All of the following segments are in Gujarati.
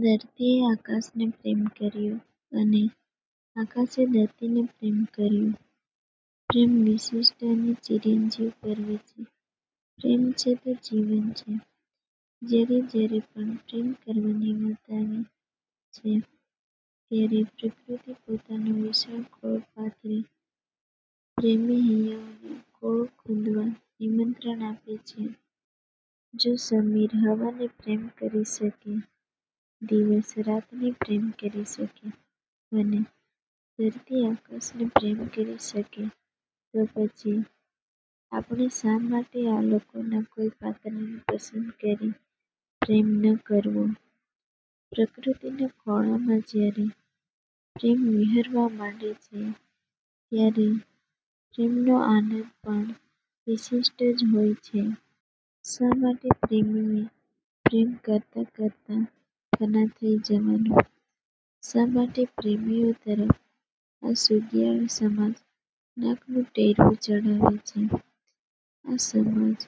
ધરતીએ આકાશને પ્રેમ કર્યો અને આકાશે ધરતીને પ્રેમ કર્યો પ્રેમ વિશિષ્ટ અને ચિરંજીવ પર્વ છે. પ્રેમ છે તો જીવન છે. જ્યારે જ્યારે પણ પ્રેમ કરવાની વાત આવે છે ત્યારે પ્રકૃતિ પોતાનો વિશાળ ખોળો પાથરી પ્રેમી હૈયાઓને ખોળો ખૂંદવા નિમંત્રણ આપે છે. જો સમીર હવાને પ્રેમ કરી શકે, દિવસ રાતને પ્રેમ કરી શકે અને ધરતી આકાશને પ્રેમ કરી શકે તો પછી આપણે શા માટે આ લોકના કોઈ પાત્રને પસંદ કરી પ્રેમ ન કરવો? પ્રકૃતિના ખોળામાં જ્યારે પ્રેમ વિહરવા માંડે છે ત્યારે પ્રેમનો આનંદ પણ વિશિષ્ટ જ હોય છે. શા માટે પ્રેમીએ પ્રેમ કરતાં કરતાં ફના થઈ જવાનું? શા માટે પ્રેમીઓ તરફ આ સુગિયાળ સમાજ નાકનું ટેરવું ચડાવે છે? આ સમાજ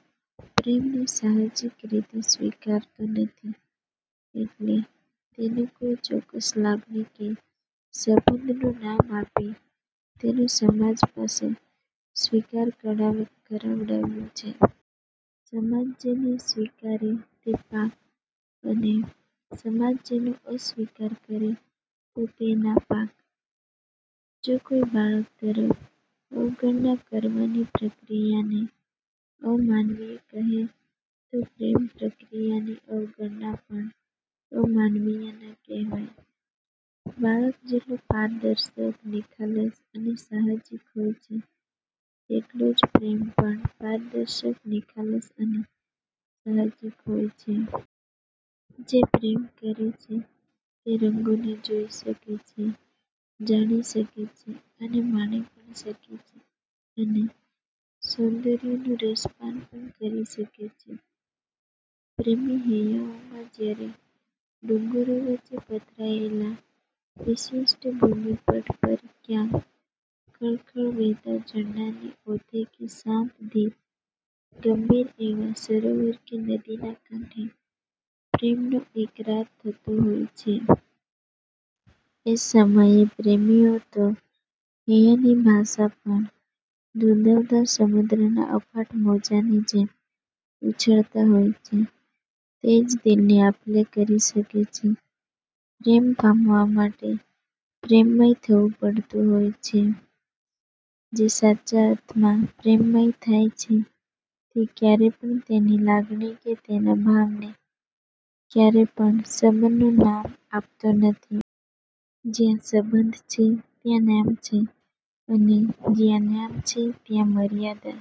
પ્રેમને સાહજિક રીતે સ્વીકારતો નથી એટલે તેને કોઈ ચોક્કસ લાગણી કે સંબંધનું નામ આપી તેનો સમાજ પાસે સ્વીકાર કરાવડાવ્યો છે. સમાજ જેને સ્વીકારે તે પાક અને સમાજ જેનો અસ્વીકાર કરે તો તે નાપાક? જો કોઈ બાળક તરફ અવગણના કરવાની પ્રક્રિયાને અમાનવીય કહે તો પ્રેમ પ્રક્રિયાની અવગણના પણ અમાનવીય ન કહેવાય? બાળક જેટલો પારદર્શક, નિખાલસ અને સાહજિક હોય છે, તેટલો જ પ્રેમ પણ પારદર્શક, નિખાલસ અને સાહજિક હોય છે. જે પ્રેમ કરે છે તે રંગોને જોઈ શકે છે, જાણી શકે છે અને માણી પણ શકે છે અને સૌંદર્યનું રસપાન પણ કરી શકે છે. પ્રેમી હૈયાઓમાં જ્યારે ડુંગરો વચ્ચે પથરાયેલા વિશિષ્ટ ભૂમિપટ પર ક્યાંક ખળખળ વહેતા ઝરણાંની ઓથે કે શાંત ધીર ગંભીર એવા સરોવર કે નદીના કાંઠે પ્રેમનો એકરાર થતો હોય છે. એ સમયે પ્રેમીઓ તો હૈયાની ભાષા પણ ઘૂઘવતા સમુદ્રના અફાટ મોજાંની જેમ ઉછળતા હોય છે. તે જ દિલની આપ-લે કરી શકે છે. પ્રેમ પામવા માટે પ્રેમમય થવું પડતું હોય છે. જે સાચા અર્થમાં પ્રેમમય થાય છે તે ક્યારે પણ તેની લાગણી કે તેના ભાવને ક્યારે પણ સંબંધનું નામ આપતો નથી. જ્યાં સંબંધ છે ત્યાં નામ છે અને જ્યાં નામ છે ત્યાં મર્યાદા